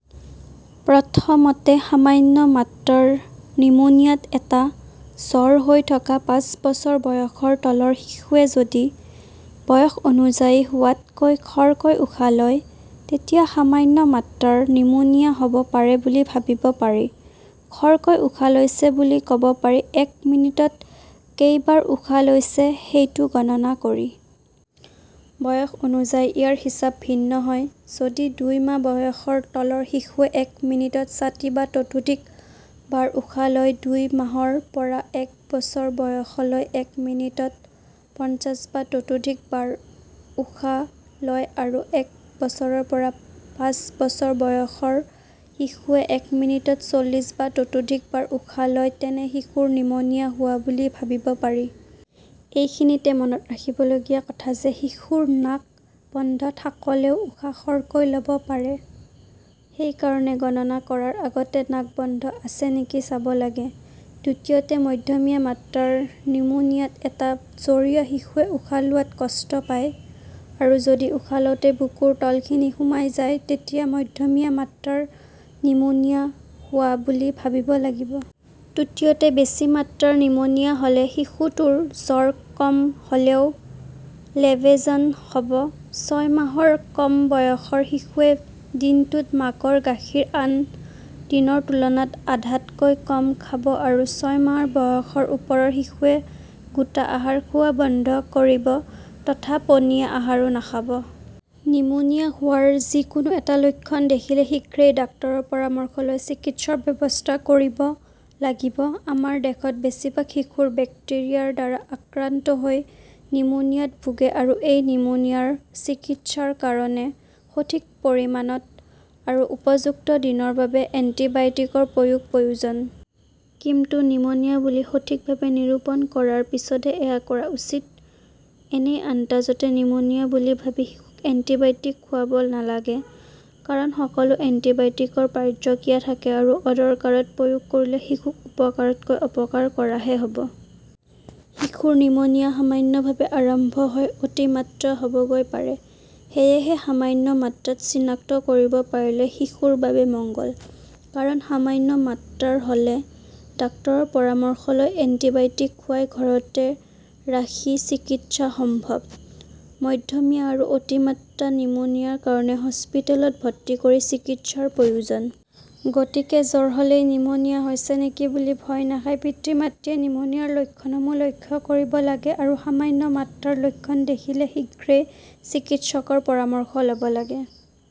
প্ৰথমতে, সামান্য মাত্ৰাৰ নিউমোনিয়াত এটা জ্বৰ হৈ থকা পাঁচ বছৰ বয়সৰ তলৰ শিশুৱে যদি বয়স অনুযায়ী হোৱাতকৈ খৰকৈ উশাহ লয়, তেতিয়া সামান্য মাত্ৰাৰ নিউমোনিয়া হ'ব পাৰে বুলি ভাবিব পাৰি। খৰকৈ উশাহ লৈছে বুলি ক'ব পাৰি এক মিনিটত কেইবাৰ উশাহ লৈছে সেইটো গণনা কৰি। বয়স অনুযায়ী ইয়াৰ হিচাপ ভিন্ন হয়। যদি দুই মাহ বয়সৰ তলৰ শিশুৱে এক মিনিটত ষাঠি বা ততোধিক বাৰ উশাহ লয়, দুই মাহৰ পৰা এক বছৰ বয়সলৈ এক মিনিটত পঞ্চাশ বা ততোধিক বাৰ উশাহ লয় আৰু এক বছৰৰ পৰা পাঁচ বছৰ বয়সৰ শিশুৱে এক মিনিটত চল্লিছ বা ততোধিক বাৰ উশাহ লয়, তেনে শিশুৰ নিউমোনিয়া হোৱা বুলি ভাবিব পাৰি। এইখিনিতে মনত ৰাখিবলগীয়া কথা যে শিশুৰ নাক বন্ধ থাকলেও উশাহ খৰকৈ ল'ব পাৰে, সেইকাৰণে গণনা কৰাৰ আগতে নাক বন্ধ আছে নেকি চাব লাগে। দ্বিতীয়তে, মধ্যমীয়া মাত্ৰাৰ নিউমোনিয়াত এটা জ্বৰীয়া শিশুৱে উশাহ লোৱাত কষ্ট পায় আৰু যদি উশাহ লওঁতে বুকুৰ তলখিনি সোমাই যায়, তেতিয়া মধ্যমীয়া মাত্ৰাৰ নিউমোনিয়া হোৱা বুলি ভাবিব লাগিব। তৃতীয়তে, বেছি মাত্ৰাৰ নিউমোনিয়া হ'লে শিশুটোৰ জ্বৰ কম হ'লেও লেবেজান হ'ব। ছয় মাহৰ কম বয়সৰ শিশুৱে দিনটোত মাকৰ গাখীৰ আন দিনৰ তুলনাত আধাতকৈ কম খাব আৰু ছয় মাহ বয়সৰ ওপৰৰ শিশুৱে গোটা আহাৰ খোৱা বন্ধ কৰিব তথা পনীয়া আহাৰো নাখাব। নিউমোনিয়া হোৱাৰ যিকোনো এটা লক্ষণ দেখিলে শীঘ্ৰে ডাক্তৰৰ পৰামৰ্শ লৈ চিকিৎসাৰ ব্যৱস্থা কৰিব লাগিব। আমাৰ দেশত বেছিভাগ শিশু বেক্টেৰিয়াৰ দ্বাৰা আক্ৰান্ত হৈ নিউমোনিয়াত ভোগে আৰু এই নিউমোনিয়াৰ চিকিৎসাৰ কাৰণে সঠিক পৰিমাণত আৰু উপযুক্ত দিনৰ বাবে এন্টিবায়'টিকৰ প্ৰয়োগ প্ৰয়োজন। কিন্তু নিউমোনিয়া বুলি সঠিকভাৱে নিৰূপণ কৰাৰ পিছতহে এইয়া কৰা উচিত। এনেয়ে আন্দাজতে নিউমোনিয়া বুলি ভাবি শিশুক এন্টিবায়'টিক খুৱাব নালাগে, কাৰণ সকলো এন্টিবায়'টিকৰ পাৰ্শ্বক্ৰিয়া থাকে আৰু অদৰকাৰত প্ৰয়োগ কৰিলে শিশুক উপকাৰতকৈ অপকাৰ কৰাহে হ'ব। শিশুৰ নিউমোনিয়া সামান্যভাৱে আৰম্ভ হৈ অতিমাত্ৰা হ'বগৈ পাৰে। সেয়েহে সামান্য মাত্ৰাত চিনাক্ত কৰিব পাৰিলে শিশুৰ বাবে মঙ্গল, কাৰণ সামান্য মাত্ৰাৰ হ'লে ডাক্তৰৰ পৰামৰ্শ লৈ এন্টিবায়'টিক খুৱাই ঘৰতে ৰাখি চিকিৎসা সম্ভৱ। মধ্যমীয়া আৰু অতিমাত্ৰা নিউমোনিয়াৰ কাৰণে হস্পিটেলত ভৰ্তি কৰি চিকিৎসাৰ প্ৰয়োজন। গতিকে জ্বৰ হ'লেই নিউমোনিয়া হৈছে নেকি বুলি ভয় নাখাই পিতৃ-মাতৃয়ে নিউমোনিয়াৰ লক্ষণসমূহ লক্ষ্য কৰিব লাগে আৰু সামান্য মাত্ৰাৰ লক্ষণ দেখিলে শীঘ্ৰে চিকিৎসকৰ পৰামৰ্শ ল'ব লাগে।